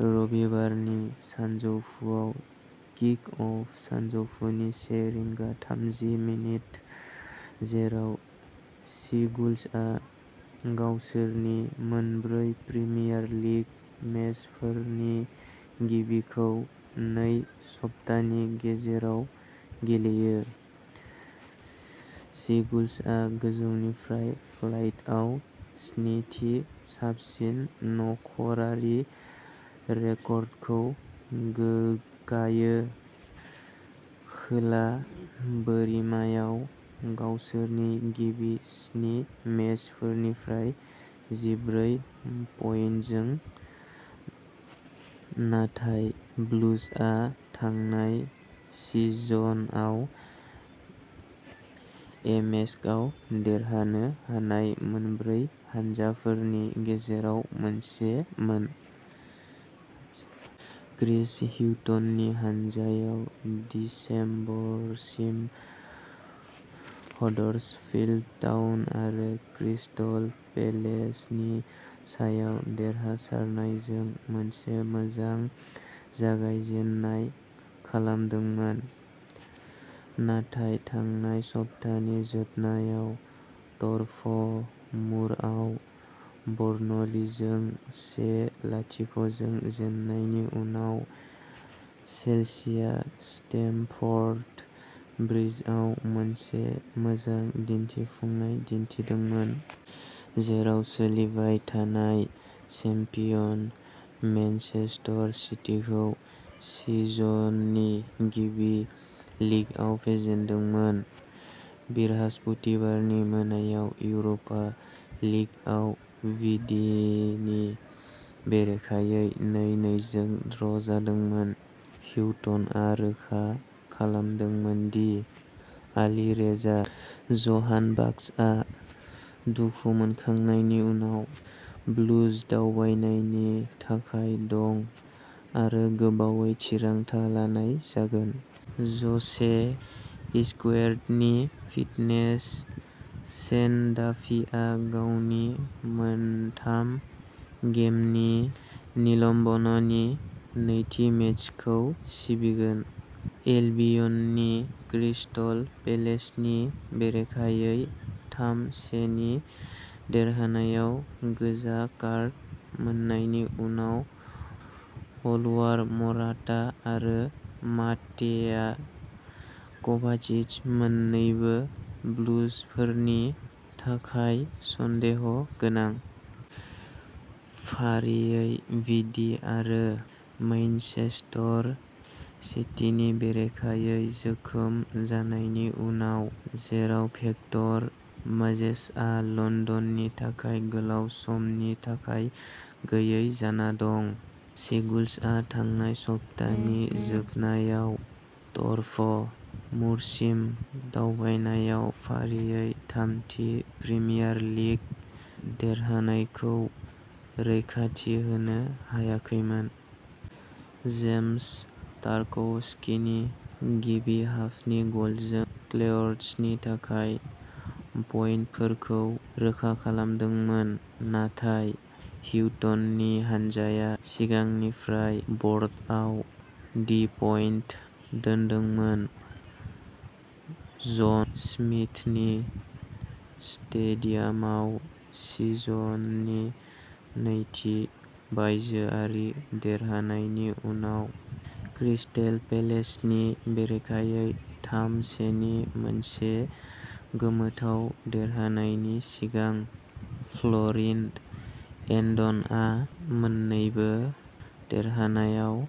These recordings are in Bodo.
रबिबारनि सानजौफुआव किक अफ सानजौफुनि से रिंगा थाम्जि मिनिथ, जेराव सिगुल्सआ गावसोरनि मोनब्रै प्रिमियार लिग मेचफोरनि गिबिखौ नै सप्तानि गेजेराव गेलेयो। सिगुल्सआ गोजौनिफ्राय फ्लाइटआव स्निथि साबसिन न'खरारि रेकर्डखौ गोगगायो, खोला बोरिमायाव गावसोरनि गिबि स्नि मेचफोरनिफ्राय जिब्रै पइन्टजों, नाथाय ब्लुजआ थांनाय सिजनआव एमेक्सआव देरहानो हानाय मोनब्रै हानजाफोरनि गेजेराव मोनसेमोन। क्रिस ह्यूटननि हानजाया दिसेम्बरसिम हडर्सफील्ड टाउन आरो क्रिस्टल पेलेसनि सायाव देरहासारनायजों मोनसे मोजां जागायजेन्नाय खालामदोंमोन। नाथाय थांनाय सप्तानि जोबनायाव टर्फ मुरआव बर्नलीजों से लाथिख जों जेन्नायनि उनाव चेल्सिया स्टेमफर्ड ब्रिजआव मोनसे मोजां दिन्थिफुंनाय दिन्थिदोंमोन। जेराव सोलिबाय थानाय चेम्पियन मेनचेस्टर सिटीखौ सिजननि गिबि लीगआव फेजेनदोंमोन। बृहस्पतिबारनि मोनायाव इउर'पा लीगआव विडीनि बेरेखायै नै नै जों ड्र'जादोंमोन। ह्यूटनआ रोखा खालामदोंमोन दि आलिरेजा जहानबाख्शआ दुखु मोनखांनायनि उनाव ब्लुज दावबायनायनि थाखाय दं आरो गोबावै थिरांथा लानाय जागोन। ज'से इजक्विएर्ड'नि फिटनेस शेन डाफीआ गावनि मोनथाम गेमनि निलम्बननि नैथि मेचखौ सिबिगोन। एल्बियननि क्रिस्टल पेलेसनि बेरेखायै थाम से नि देरहानायाव गोजा कार्ड मोननायनि उनाव अलवार मराटा आरो मातेआ क'भाचिच मोन्नैबो ब्लुजफोरनि थाखाय सन्देह गोनां। फारियै भिडी आरो मैनचेस्टर सिटीनि बेरेखायै जोखोम जानायनि उनाव जेराव भिक्टर मोजेसआ लन्दननि थाखाय गोलाव समनि थाखाय गैयै जाना दं। सिगुल्सआ थांनाय सप्तानि जोबनायाव टर्फ मुरसिम दावबायनायाव फारियै थामथि प्रिमियार लीग देरहानायखौ रैखाथि होनो हायाखैमोन। जेम्स टार्कवस्कीनि गिबि हाफनि गलजों क्लेयरट्सनि थाखाय पइन्टफोरखौ रोखा खालामदोंमोन। नाथाय ह्यूटननि हानजाया सिगांनिफ्राय ब'र्डआव द'पइन्ट दोनदोंमोन। जन स्मिथनि स्टेडियामाव सिजननि नैथि बायजोआरि देरहानायनि उनाव क्रिस्टेल पेलेसनि बेरेखायै थाम से नि मोनसे गोमोथाव देरहानायनि सिगां फ्ल'रिन एन्ड'नआ मोन्नैबो देरहानायाव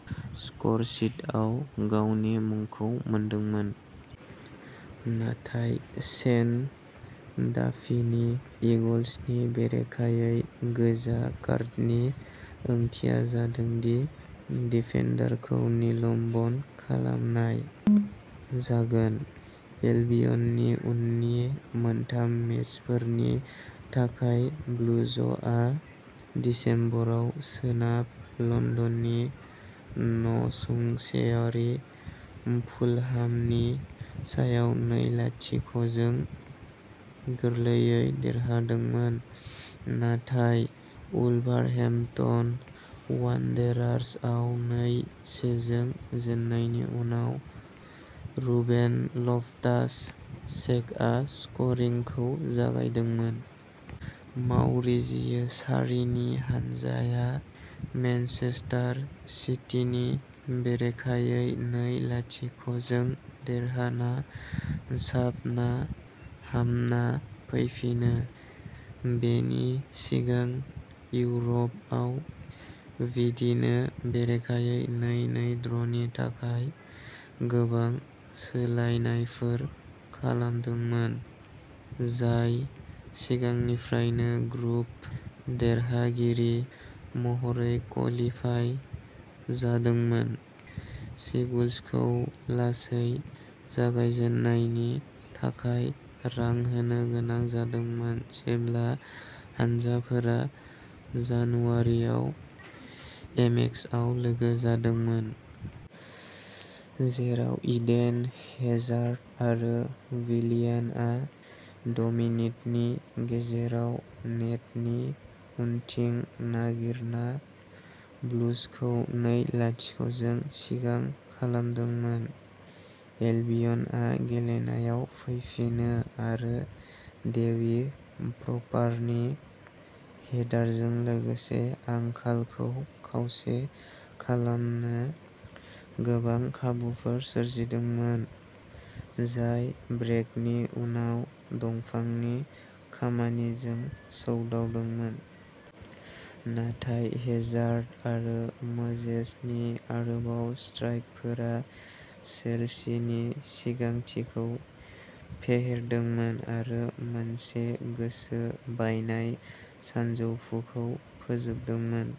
स्करशीटआव गावनि मुंखौ मोनदोंमोन। नाथाय शेन डाफीनि ईगल्सनि बेरेखायै गोजा कार्डनि ओंथिया जादों दि डिफेन्डारखौ निलम्ब'न खालामनाय जागोन। एल्बियननि उननि मोनथाम मेचफोरनि थाखाय ब्लुजआ दिसेम्बराव सोनाब लन्दननि नसुंसेयारि फुलहामनि सायाव नै लाथिख जों गोरलैयै देरहादोंमोन। नाथाय उलभारहेम्पटन वान्डेरार्सआव नै से जों जेननायनि उनाव रुबेन लफ्टास-चेकआ स्करिंखौ जागायदोंमोन। माउरिजियो सार्रीनि हानजाया मेनचेस्टार सिटीनि बेरेखायै नै लाथिख जों देरहाना साबना हामना फैफिनो। बेनि सिगां इउर'पआव विडीनो बेरेखायै नै नै ड्र'नि थाखाय गोबां सोलायनायफोर खालामदोंमोन। जाय सिगांनिफ्रायनो ग्रुप देरहागिरि महरै कलिफाय जादोंमोन। सिगुल्सखौ लासै जागायजेन्नायनि थाखाय रां होनो गोनां जादोंमोन जेब्ला हानजाफोरा जानुवारिआव एमेक्सआव लोगो जादोंमोन। जेराव इडेन हेजार्ड आरो विलियानआ द'मिनिटनि गेजेराव नेटनि उनथिं नागिरना ब्लुजखौ नै लाथिख जों सिगां खालामदोंमोन। एल्बियनआ गेलेनायाव फैफिनो आरो डेवी प्रपारनि हेडारजों लोगोसे आंखालखौ खावसे खालामनो गोबां खाबुफोर सोरजिदोंमोन। जाय ब्रेकनि उनाव दंफांनि खामानिजों सौदावदोंमोन। नाथाय हेजार्ड आरो मोजेसनि आरोबाव स्ट्राइकफोरा चेल्सीनि सिगांथिखौ फेहेरदोंमोन आरो मोनसे गोसो बायनाय सानजौफुखौ फोजोबदोंमोन।